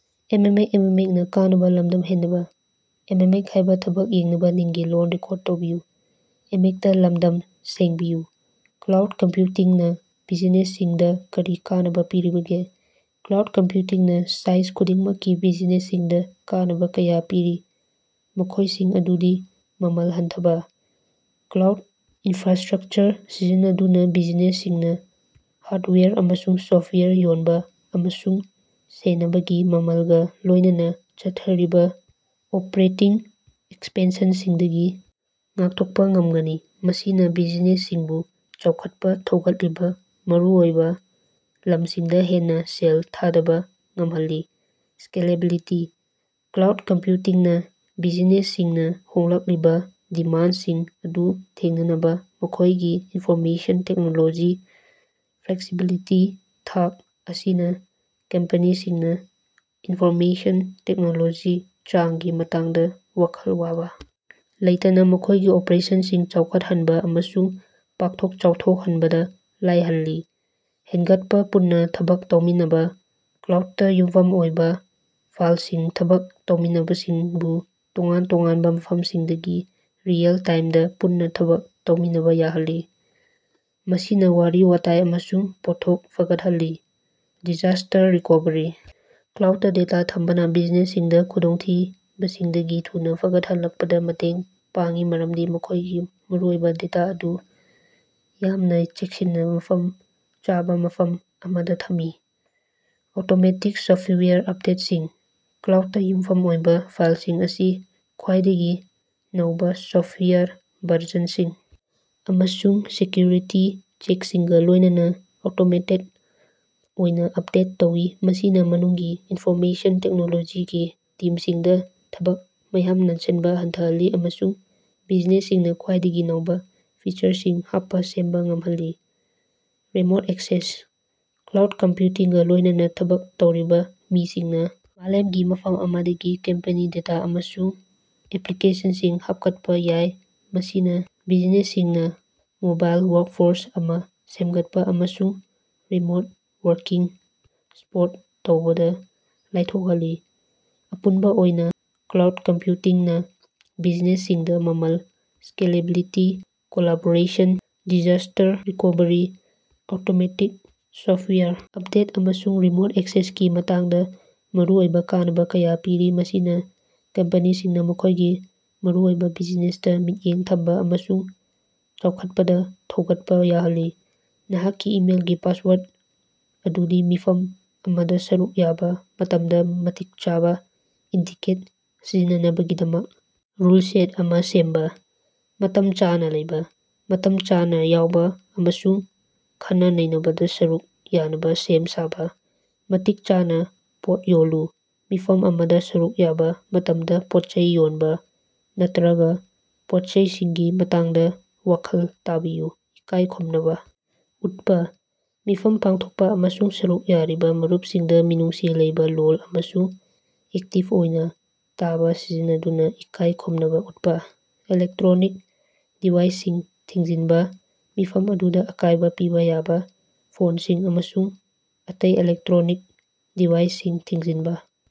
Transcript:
Cloud ꯀꯝꯄ꯭ꯌꯨꯇꯤꯡꯅ ꯕꯤꯖꯤꯅꯦꯁꯁꯤꯡꯗ ꯀꯔꯤ ꯀꯥꯟꯅꯕꯥ ꯄꯤꯔꯤꯕꯒꯦ? ꯀ꯭ꯂꯥꯎꯗ ꯀꯝꯄ꯭ꯌꯨꯇꯤꯡꯅ ꯁꯥꯏꯖ ꯈꯨꯗꯤꯡꯃꯛꯀꯤ ꯕꯤꯖꯤꯅꯦꯁꯁꯤꯡꯗ ꯀꯥꯟꯅꯕ ꯀꯌꯥ ꯄꯤꯔꯤ ꯃꯈꯣꯢꯁꯤꯡ ꯑꯗꯨꯗꯤ- ꯃꯃꯜ ꯍꯟꯊꯕꯥ: ꯀ꯭ꯂꯥꯎꯗ ꯏꯅꯐ꯭ꯔꯥꯁ꯭ꯇꯔꯛꯆꯔ ꯁꯤꯖꯤꯟꯅꯗꯨꯅ ꯕꯤꯖꯤꯅꯦꯁꯁꯤꯡꯅ ꯍꯥꯔꯗꯋꯦꯌꯔ ꯑꯃꯁꯨꯡ ꯁꯣꯐꯋꯦꯌꯔ ꯌꯣꯟꯕ ꯑꯃꯁꯨꯡ ꯁꯦꯟꯅꯕꯒꯤ ꯃꯃꯜꯒꯥ ꯂꯣꯢꯅꯅ ꯆꯠꯊꯔꯤꯕ ꯑꯣꯄ꯭ꯔꯦꯇꯤꯡ ꯑꯦꯛꯁꯄꯦꯟꯁꯟꯁꯤꯡꯗꯒꯤ ꯉꯥꯛꯊꯣꯛꯄ ꯉꯝꯒꯅꯤ꯫ ꯃꯁꯤꯅ ꯕꯤꯖꯤꯅꯦꯁꯁꯤꯡꯕꯨ ꯆꯥꯎꯈꯠꯄ ꯊꯧꯒꯠꯂꯤꯕ ꯃꯔꯨꯑꯣꯏꯕ ꯂꯝꯁꯤꯡꯗ ꯍꯦꯟꯅ ꯁꯦꯜ ꯊꯥꯗꯕ ꯉꯝꯍꯜꯂꯤ꯫ ꯁ꯭ꯀꯦꯂꯦꯕꯤꯂꯤꯇꯤ: ꯀ꯭ꯂꯥꯎꯗ ꯀꯝꯞꯌꯨꯇꯤꯡꯅ ꯕꯤꯖꯤꯅꯦꯁꯁꯤꯡꯅ ꯍꯣꯡꯂꯛꯂꯤꯕ ꯗꯤꯃꯥꯟꯗꯁꯤꯡ ꯑꯗꯨ ꯊꯦꯡꯅꯅꯕꯥ ꯃꯈꯣꯢꯒꯤ ꯏꯟꯐꯣꯔꯃꯦꯁꯟ ꯇꯦꯛꯅꯣꯂꯣꯖꯤ ꯐ꯭ꯂꯦꯛꯁꯤꯕꯤꯂꯤꯇꯤꯒꯤ ꯊꯥꯛ ꯑꯁꯤꯅꯥ ꯀꯝꯄꯦꯅꯤꯁꯤꯡꯅꯥ ꯏꯟꯐꯣꯔꯃꯦꯁꯟ ꯇꯦꯛꯅꯣꯂꯣꯖꯤ ꯆꯥꯡꯒꯤ ꯃꯇꯥꯡꯗ ꯋꯥꯈꯜ ꯋꯥꯕ ꯂꯩꯇꯅꯥ ꯃꯈꯣꯢꯒꯤ ꯑꯣꯄꯔꯦꯁꯟꯁꯤꯡ ꯆꯥꯎꯈꯠꯍꯟꯕ ꯑꯃꯁꯨꯡ ꯄꯥꯛꯊꯣꯛ ꯆꯥꯎꯊꯣꯛꯍꯟꯕꯗ ꯂꯥꯏꯍꯟꯂꯤ꯫ ꯍꯦꯟꯒꯠꯄ ꯄꯨꯟꯅ ꯊꯕꯛ ꯇꯧꯃꯤꯟꯅꯕ: ꯀ꯭ꯂꯥꯎꯗꯇ ꯌꯨꯝꯐꯝ ꯑꯣꯏꯕ ꯐꯜꯁꯤꯡꯅ ꯊꯕꯛ ꯇꯧꯔꯤꯕꯁꯤꯡꯕꯨ ꯇꯣꯉꯥꯟ ꯇꯣꯉꯥꯟꯕ ꯃꯐꯝꯁꯤꯡꯗꯒꯤ ꯔꯤꯑꯦꯜ-ꯇꯥꯏꯝꯗ ꯄꯨꯟꯅ ꯊꯕꯛ ꯇꯧꯃꯤꯟꯅꯕ ꯌꯥꯍꯜꯂꯤ꯫ ꯃꯁꯤꯅꯋꯥꯔꯤ ꯋꯥꯇꯥꯏ ꯑꯃꯁꯨꯡ ꯄꯣꯠꯊꯣꯛ ꯐꯒꯠꯍꯜꯂꯤ꯫ ꯗꯤꯖꯥꯁ꯭ꯇꯔ ꯔꯤꯀꯣꯚꯔꯤ: ꯀ꯭ꯂꯥꯎꯗꯇ ꯗꯦꯇꯥ ꯊꯝꯕꯅ ꯕꯤꯖꯤꯅꯦꯁꯁꯤꯡꯗ ꯈꯨꯗꯣꯡꯊꯤꯕꯁꯤꯡꯗꯒꯤ ꯊꯨꯅꯥ ꯐꯒꯠꯂꯛꯄꯗ ꯃꯇꯦꯡ ꯄꯥꯡꯉꯤ ꯃꯔꯝꯗꯤ ꯃꯈꯣꯢꯒꯤ ꯃꯔꯨꯑꯣꯏꯕ ꯗꯦꯇꯥ ꯑꯗꯨ ꯌꯥꯝꯅ ꯆꯦꯛꯁꯤꯟꯅ ꯃꯐꯝ ꯆꯥꯕ ꯃꯐꯝ ꯑꯃꯗ ꯊꯝꯃꯤ꯫ ꯑꯣꯇꯣꯃꯦꯇꯤꯛ ꯁꯣꯐꯇꯋꯥꯌꯔ ꯑꯄꯗꯦꯠꯁꯤꯡ: ꯀ꯭ꯂꯥꯎꯗꯇ ꯌꯨꯝꯐꯝ ꯑꯣꯏꯕ ꯐꯜꯁꯤꯡ ꯑꯁꯤ ꯈ꯭ꯋꯥꯏꯗꯒꯤ ꯅꯧꯕ ꯁꯣꯐꯇꯋꯥꯌꯔ ꯚꯔꯖꯟꯁꯤꯡ ꯑꯃꯁꯨꯡ ꯁꯦꯀ꯭ꯌꯨꯔꯤꯇꯤ ꯄꯦꯆꯁꯤꯡꯒꯥ ꯂꯣꯢꯅꯅꯥ ꯑꯣꯇꯣꯃꯦꯇꯦꯗ ꯑꯣꯏꯅ ꯑꯄꯗꯦꯠ ꯇꯧꯏ ꯃꯁꯤꯅꯥ ꯃꯅꯨꯡꯒꯤ ꯏꯟꯐꯣꯔꯃꯦꯁꯟ ꯇꯦꯛꯅꯣꯂꯣꯖꯤꯒꯤ ꯇꯤꯝꯁꯤꯡꯗ ꯊꯕꯛ ꯃꯌꯥꯝ ꯅꯟꯁꯟꯕ ꯍꯟꯊꯍꯜꯂꯤ ꯑꯃꯁꯨꯡ ꯕꯤꯖꯤꯅꯦꯁꯁꯤꯡꯅ ꯈ꯭ꯋꯥꯏꯗꯒꯤ ꯅꯧꯕꯥ ꯐꯤꯆꯔꯁꯤꯡ ꯍꯥꯞꯄ ꯁꯦꯝꯕ ꯉꯝꯍꯜꯂꯤ꯫ ꯔꯤꯃꯣꯠ ꯑꯦꯛꯁꯦꯁ: ꯀ꯭ꯂꯥꯎꯗ ꯀꯝꯄ꯭ꯌꯨꯇꯤꯡꯒ ꯂꯣꯢꯅꯅ ꯊꯕꯛ ꯇꯧꯔꯤꯕ ꯃꯤꯁꯤꯡꯅ ꯃꯥꯂꯦꯝꯒꯤ ꯃꯐꯝ ꯑꯃꯗꯒꯤ ꯀꯝꯄꯦꯅꯤꯒꯤ ꯗꯦꯇꯥ ꯑꯃꯁꯨꯡ ꯑꯦꯄ꯭ꯂꯤꯀꯦꯁꯟꯁꯤꯡ ꯍꯥꯞꯀꯠꯄ ꯌꯥꯏ ꯃꯁꯤꯅ ꯕꯤꯖꯤꯅꯦꯁꯁꯤꯡꯅ ꯃꯣꯕꯥꯏꯜ ꯋꯥꯔꯛꯐꯣꯔꯁ ꯑꯃ ꯁꯦꯝꯒꯠꯄ ꯑꯃꯁꯨꯡ ꯔꯤꯃꯣꯠ ꯋꯥꯔꯀꯤꯡ ꯁꯄꯣꯔꯠ ꯇꯧꯕꯗꯥ ꯂꯥꯏꯊꯣꯛꯍꯜꯂꯤ꯫ ꯑꯄꯨꯟꯕ ꯑꯣꯏꯅ ꯀ꯭ꯂꯥꯎꯗ ꯀꯝꯄ꯭ꯌꯨꯇꯤꯡꯅ ꯕꯤꯖꯤꯅꯦꯁꯁꯤꯡꯗ ꯃꯃꯜ, scalability, collaboration, disaster recovery, automatic software update, ꯑꯃꯁꯨꯡ ꯔꯤꯃꯣꯠ ꯑꯦꯛꯁꯦꯁꯀꯤ ꯃꯇꯥꯡꯗꯥ ꯃꯔꯨꯑꯣꯏꯕ ꯀꯥꯟꯅꯕ ꯀꯌꯥ ꯄꯤꯔꯤ ꯃꯁꯤꯅꯥ ꯀꯝꯄꯦꯅꯤꯁꯤꯡꯅ ꯃꯈꯣꯢꯒꯤ ꯃꯔꯨꯑꯣꯏꯕ ꯕꯤꯖꯤꯅꯦꯁꯇ ꯃꯤꯠꯌꯦꯡ ꯊꯝꯕ ꯑꯃꯁꯨꯡ ꯆꯥꯎꯈꯠꯄꯗ ꯊꯧꯒꯠꯄꯥ ꯌꯥꯍꯜꯂꯤ꯫ ꯅꯍꯥꯛꯀꯤ ꯏꯃꯦꯜꯒꯤ ꯄꯥꯁꯋꯥꯔꯗ ꯑꯗꯨꯗꯤ ꯃꯤꯐꯝ ꯑꯃꯗ ꯁꯔꯨꯛ ꯌꯥꯕ ꯃꯇꯝꯗ ꯃꯇꯤꯛ ꯆꯥꯕ ꯏꯇꯤꯀꯦꯠ ꯁꯤꯖꯤꯟꯅꯅꯕꯒꯤꯗꯃꯛ ꯔꯨꯜ ꯁꯦꯠ ꯑꯃꯥ ꯁꯦꯝꯕꯥ꯫ ꯃꯇꯝ ꯆꯥꯅꯥ ꯂꯩꯕꯥ: ꯃꯇꯝ ꯆꯥꯅꯥ ꯌꯧꯕꯥ ꯑꯃꯁꯨꯡ ꯈꯟꯅ-ꯅꯩꯅꯕꯗꯥ ꯁꯔꯨꯛ ꯌꯥꯅꯕ ꯁꯦꯝ-ꯁꯥꯕꯥ꯫ ꯃꯇꯤꯛ ꯆꯥꯅꯥ ꯄꯣꯠ ꯌꯣꯜꯂꯨ: ꯃꯤꯐꯝ ꯑꯃꯗ ꯁꯔꯨꯛ ꯌꯥꯕ ꯃꯇꯝꯗ ꯄꯣꯠꯆꯩ ꯌꯣꯟꯕ ꯅꯠꯇ꯭ꯔꯒ ꯄꯣꯠꯆꯩꯁꯤꯡꯒꯤ ꯃꯇꯥꯡꯗ ꯋꯥꯈꯜ ꯇꯥꯕꯤꯌꯨ꯫ ꯏꯀꯥꯏ ꯈꯨꯝꯅꯕ ꯎꯠꯄꯥ: ꯃꯤꯐꯝ ꯄꯥꯡꯊꯣꯛꯄ ꯑꯃꯁꯨꯡ ꯁꯔꯨꯛ ꯌꯥꯔꯤꯕ ꯃꯔꯨꯞꯁꯤꯡꯗ ꯃꯤꯅꯨꯡꯁꯤ ꯂꯩꯕꯥ ꯂꯣꯜ ꯑꯃꯁꯨꯡ ꯑꯦꯛꯇꯤꯕ ꯑꯣꯏꯅ ꯇꯥꯕꯥ ꯁꯤꯖꯤꯟꯅꯗꯨꯅ ꯏꯀꯥꯏ ꯈꯨꯝꯅꯕ ꯎꯠꯄ꯫ ꯏꯂꯦꯛꯇ꯭ꯔꯣꯅꯤꯛ ꯗꯤꯚꯥꯏꯁꯁꯤꯡ ꯊꯤꯡꯖꯤꯟꯕꯥ: ꯃꯤꯐꯝ ꯑꯗꯨꯗꯥ ꯑꯀꯥꯢꯕ ꯄꯤꯕꯥ ꯌꯥꯕ ꯐꯣꯟꯁꯤꯡ ꯑꯃꯁꯨꯡ ꯑꯇꯩ ꯏꯂꯦꯛꯇ꯭ꯔꯣꯅꯤꯛ ꯗꯤꯚꯥꯏꯁꯁꯤꯡ ꯊꯤꯡꯖꯤꯟꯕꯥ ꯫